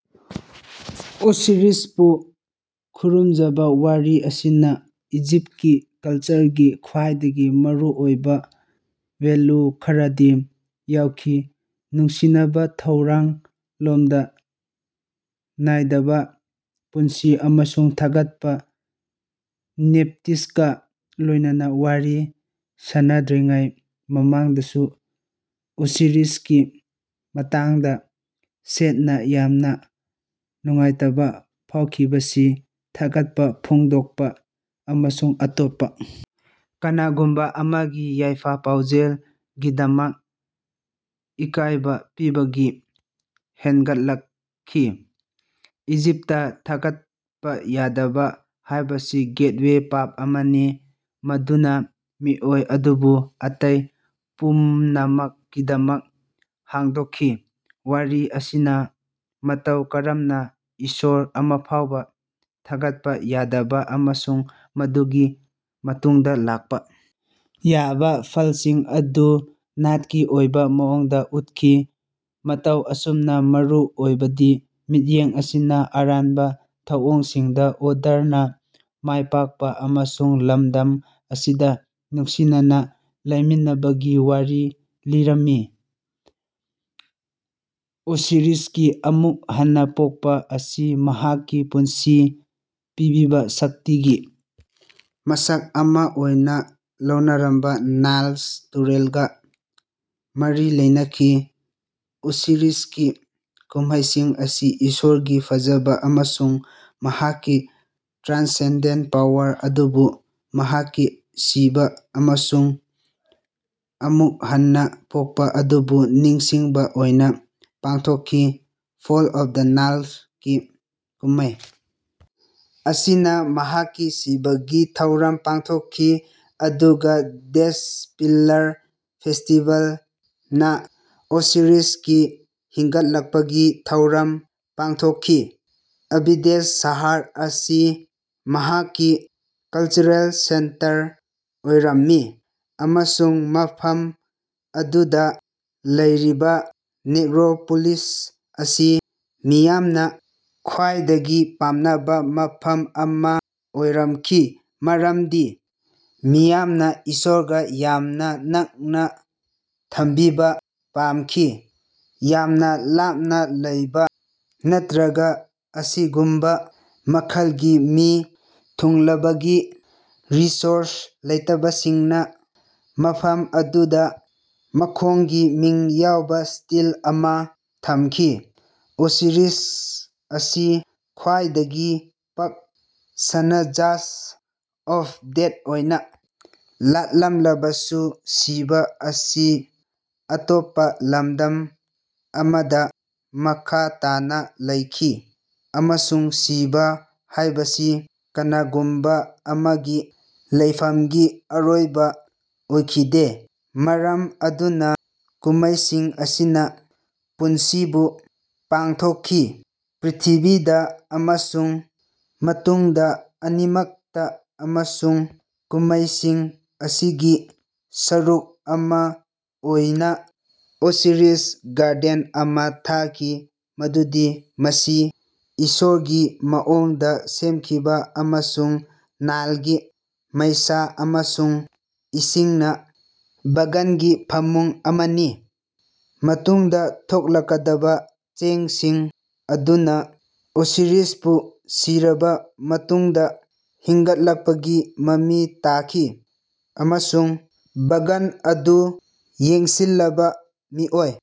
ꯑꯣꯁꯤꯔꯤꯁꯄꯨ ꯈꯨꯔꯨꯝꯖꯕ ꯋꯥꯔꯤ ꯑꯁꯤꯅꯥ ꯏꯖꯤꯞꯀꯤ ꯀꯜꯆꯔꯒꯤ ꯈ꯭ꯋꯥꯏꯗꯒꯤ ꯃꯔꯨꯑꯣꯏꯕꯥ ꯚꯦꯜꯌꯨ ꯈꯔꯗꯤ ꯌꯥꯎꯈꯤ: ꯅꯨꯡꯁꯤꯅꯕꯥ ꯊꯧꯔꯥꯡ, ꯂꯣꯝꯕꯥ ꯅꯥꯏꯗꯕꯥ ꯄꯨꯟꯁꯤ ꯑꯃꯁꯨꯡ ꯊꯥꯒꯠꯄꯥ꯫ ꯅꯦꯞꯇꯤꯁꯀꯥ ꯂꯣꯢꯅꯅꯥ ꯋꯥꯔꯤ ꯁꯥꯅꯗ꯭ꯔꯤꯉꯩ ꯃꯃꯥꯡꯗꯁꯨ ꯑꯣꯁꯤꯔꯤꯁꯀꯤ ꯃꯇꯥꯡꯗꯥ ꯁꯦꯠꯅꯥ ꯌꯥꯝꯅꯥ ꯅꯨꯡꯉꯥꯏꯇꯕꯥ ꯐꯥꯎꯈꯤꯕꯁꯤ ꯊꯥꯒꯠꯄꯥ ꯐꯣꯡꯗꯣꯛꯄꯥ ꯑꯃꯁꯨꯡ ꯑꯇꯣꯞꯄꯥ ꯀꯅꯥꯒꯨꯝꯕꯥ ꯑꯃꯒꯤ ꯌꯥꯏꯐ-ꯄꯥꯎꯖꯦꯜꯒꯤꯗꯃꯛ ꯏꯀꯥꯏꯕꯥ ꯄꯤꯕꯒꯤ ꯍꯦꯟꯒꯠꯂꯛꯈꯤ꯫ ꯏꯖꯤꯞꯇꯥ ꯊꯥꯒꯠꯄꯥ ꯌꯥꯗꯕꯥ ꯍꯥꯢꯕꯁꯤ "ꯒꯦꯠꯋꯦ ꯄꯥꯞ" ꯑꯃꯅꯤ ꯃꯗꯨꯅꯥ ꯃꯤꯑꯣꯏ ꯑꯗꯨꯕꯨ ꯑꯇꯩ ꯄꯨꯝꯅꯃꯛꯀꯤꯗꯃꯛ ꯍꯥꯡꯗꯣꯛꯈꯤ꯫ ꯋꯥꯔꯤ ꯑꯁꯤꯅꯥ ꯃꯇꯧ ꯀꯔꯝꯅꯥ ꯏꯁꯣꯔ ꯑꯃꯐꯥꯎꯕꯥ ꯊꯥꯒꯠꯄꯥ ꯌꯥꯗꯕꯥ ꯑꯃꯁꯨꯡ ꯃꯗꯨꯒꯤ ꯃꯇꯨꯡꯗꯥ ꯂꯥꯛꯄꯥ ꯌꯥꯕꯥ ꯐꯜꯁꯤꯡ ꯑꯗꯨ ꯅꯥꯠꯀꯤ ꯑꯣꯏꯕꯥ ꯃꯑꯣꯡꯗꯥ ꯎꯠꯈꯤ꯫ ꯃꯇꯧ ꯑꯁꯨꯝꯅꯥ ꯃꯔꯨ ꯑꯣꯏꯕꯗꯤ, ꯃꯤꯠꯌꯦꯡ ꯑꯁꯤꯅꯥ ꯑꯔꯥꯟꯕꯥ ꯊꯧꯑꯣꯡꯁꯤꯡꯗꯥ ꯑꯣꯔꯗꯔꯅꯥ ꯃꯥꯏꯄꯥꯛꯄꯥ ꯑꯃꯁꯨꯡ ꯂꯝꯗꯝ ꯑꯁꯤꯗꯥ ꯅꯨꯡꯁꯤꯅꯅꯥ ꯂꯩꯃꯤꯟꯅꯕꯒꯤ ꯋꯥꯔꯤ ꯂꯤꯔꯝꯃꯤ꯫ ꯑꯣꯁꯤꯔꯤꯁꯀꯤ ꯑꯃꯨꯛ ꯍꯟꯅꯥ ꯄꯣꯛꯄꯥ ꯑꯁꯤ ꯃꯍꯥꯛꯀꯤ ꯄꯨꯟꯁꯤ ꯄꯤꯕꯤꯕꯥ ꯁꯛꯇꯤꯒꯤ ꯃꯁꯛ ꯑꯃꯥ ꯑꯣꯏꯅꯥ ꯂꯧꯅꯔꯝꯕꯥ ꯅꯥꯏꯜ ꯇꯨꯔꯦꯜꯒꯥ ꯃꯔꯤ ꯂꯩꯅꯈꯤ꯫ ꯑꯣꯁꯤꯔꯤꯁꯀꯤ ꯀꯨꯝꯃꯩꯁꯤꯡ ꯑꯁꯤ ꯏꯁꯣꯔꯒꯤ ꯐꯖꯕꯥ ꯑꯃꯁꯨꯡ ꯃꯍꯥꯛꯀꯤ ꯇ꯭ꯔꯥꯟꯁꯦꯟꯗꯦꯟꯇ ꯄꯥꯋꯔ ꯑꯗꯨꯕꯨ ꯃꯍꯥꯛꯀꯤ ꯁꯤꯕꯥ ꯑꯃꯁꯨꯡ ꯑꯃꯨꯛ ꯍꯟꯅꯥ ꯄꯣꯛꯄꯥ ꯑꯗꯨꯕꯨ ꯅꯤꯡꯁꯤꯡꯕꯥ ꯑꯣꯏꯅꯥ ꯄꯥꯡꯊꯣꯛꯈꯤ꯫ ꯐꯣꯜ ꯑꯣꯐ ꯗ ꯅꯥꯏꯂꯒꯤ ꯀꯨꯝꯃꯩ ꯑꯁꯤꯅꯥ ꯃꯍꯥꯛꯀꯤ ꯁꯤꯕꯒꯤ ꯊꯧꯔꯝ ꯄꯥꯡꯊꯣꯛꯈꯤ ꯑꯗꯨꯒꯥ ꯗ꯭ꯖꯦꯗ ꯄꯤꯂꯥꯔ ꯐꯦꯁꯇꯤꯕꯦꯜꯅꯥ ꯑꯣꯁꯤꯔꯤꯁꯀꯤ ꯍꯤꯡꯒꯠꯂꯛꯄꯒꯤ ꯊꯧꯔꯝ ꯄꯥꯡꯊꯣꯛꯈꯤ꯫ ꯑꯕꯤꯗꯣꯁ ꯁꯍꯔ ꯑꯁꯤ ꯃꯍꯥꯛꯀꯤ ꯀꯜꯆꯔꯦꯜ ꯁꯦꯟꯇꯔ ꯑꯣꯏꯔꯝꯃꯤ ꯑꯃꯁꯨꯡ ꯃꯐꯝ ꯑꯗꯨꯗꯥ ꯂꯩꯔꯤꯕꯥ ꯅꯦꯛꯔꯣꯄꯣꯂꯤꯁ ꯑꯁꯤ ꯃꯤꯌꯥꯝꯅꯥ ꯈ꯭ꯋꯥꯏꯗꯒꯤ ꯄꯥꯝꯅꯕꯥ ꯃꯐꯝ ꯑꯃꯥ ꯑꯣꯏꯔꯝꯈꯤ ꯃꯔꯝꯗꯤ ꯃꯤꯌꯥꯝꯅꯥ ꯏꯁꯣꯔꯒꯥ ꯌꯥꯝꯅꯥ ꯅꯛꯅꯥ ꯊꯝꯕꯤꯕꯥ ꯄꯥꯝꯈꯤ꯫ ꯌꯥꯝꯅꯥ ꯂꯥꯞꯅꯥ ꯂꯩꯕꯥ ꯅꯠꯇ꯭ꯔꯒꯥ ꯑꯁꯤꯒꯨꯝꯕꯥ ꯃꯈꯜꯒꯤ ꯃꯤ ꯊꯨꯡꯂꯕꯒꯤ ꯔꯤꯁꯣꯔꯁ ꯂꯩꯇꯕꯁꯤꯡꯅꯥ ꯃꯐꯝ ꯑꯗꯨꯗꯥ ꯃꯈꯣꯡꯒꯤ ꯃꯤꯡ ꯌꯥꯎꯕꯥ ꯁ꯭ꯇꯦꯜ ꯑꯃꯥ ꯊꯝꯈꯤ꯫ ꯑꯣꯁꯤꯔꯤꯁ ꯑꯁꯤ ꯈ꯭ꯋꯥꯏꯗꯒꯤ ꯄꯥꯛ ꯁꯟꯅꯥ ꯖꯁ ꯑꯣꯐ ꯗꯦꯗ ꯑꯣꯏꯅꯥ ꯂꯥꯠꯂꯝꯂꯕꯁꯨ ꯁꯤꯕꯥ ꯑꯁꯤ ꯑꯇꯣꯞꯄꯥ ꯂꯝꯗꯝ ꯑꯃꯗꯥ ꯃꯈꯥ ꯇꯥꯅꯥ ꯂꯩꯈꯤ ꯑꯃꯁꯨꯡ ꯁꯤꯕꯥ ꯍꯥꯢꯕꯁꯤ ꯀꯅꯥꯒꯨꯝꯕꯥ ꯑꯃꯒꯤ ꯂꯩꯐꯝꯒꯤ ꯑꯔꯣꯏꯕꯥ ꯑꯣꯏꯈꯤꯗꯦ꯫ ꯃꯔꯝ ꯑꯗꯨꯅꯥ ꯀꯨꯝꯃꯩꯁꯤꯡ ꯑꯁꯤꯅꯥ ꯄꯨꯟꯁꯤꯕꯨ ꯄꯥꯡꯊꯣꯛꯈꯤ ꯄ꯭ꯔ꯭ꯤꯊꯤꯕꯤꯗꯥ ꯑꯃꯁꯨꯡ ꯃꯇꯨꯡꯗꯥ ꯑꯅꯤꯃꯛꯇꯥ ꯑꯃꯁꯨꯡ ꯀꯨꯝꯃꯩꯁꯤꯡ ꯑꯁꯤꯒꯤ ꯁꯔꯨꯛ ꯑꯃꯥ ꯑꯣꯏꯅꯥ ꯑꯣꯁꯤꯔꯤꯁ ꯒꯥꯔꯗꯦꯟ ꯑꯃꯥ ꯊꯥꯈꯤ ꯃꯗꯨꯗꯤ ꯃꯁꯤ ꯏꯁꯣꯔꯒꯤ ꯃꯑꯣꯡꯗꯥ ꯁꯦꯝꯈꯤꯕꯥ ꯑꯃꯁꯨꯡ ꯅꯥꯏꯜꯒꯤ ꯃꯩꯁꯥ ꯑꯃꯁꯨꯡ ꯏꯁꯤꯡꯅꯥ ꯕꯥꯒꯥꯟꯒꯤ ꯐꯃꯨꯡ ꯑꯃꯅꯤ꯫ ꯃꯇꯨꯡꯗꯥ ꯊꯣꯛꯂꯛꯀꯗꯕꯥ ꯆꯦꯡꯁꯤꯡ ꯑꯗꯨꯅꯥ ꯑꯣꯁꯤꯔꯤꯁꯄꯨ ꯁꯤꯔꯕꯥ ꯃꯇꯨꯡꯗꯥ ꯍꯤꯡꯒꯠꯂꯛꯄꯒꯤ ꯃꯃꯤ ꯇꯥꯈꯤ ꯑꯃꯁꯨꯡ ꯕꯥꯒꯥꯟ ꯑꯗꯨ ꯌꯦꯡꯁꯤꯜꯂꯤꯕꯥ ꯃꯤꯑꯣꯏ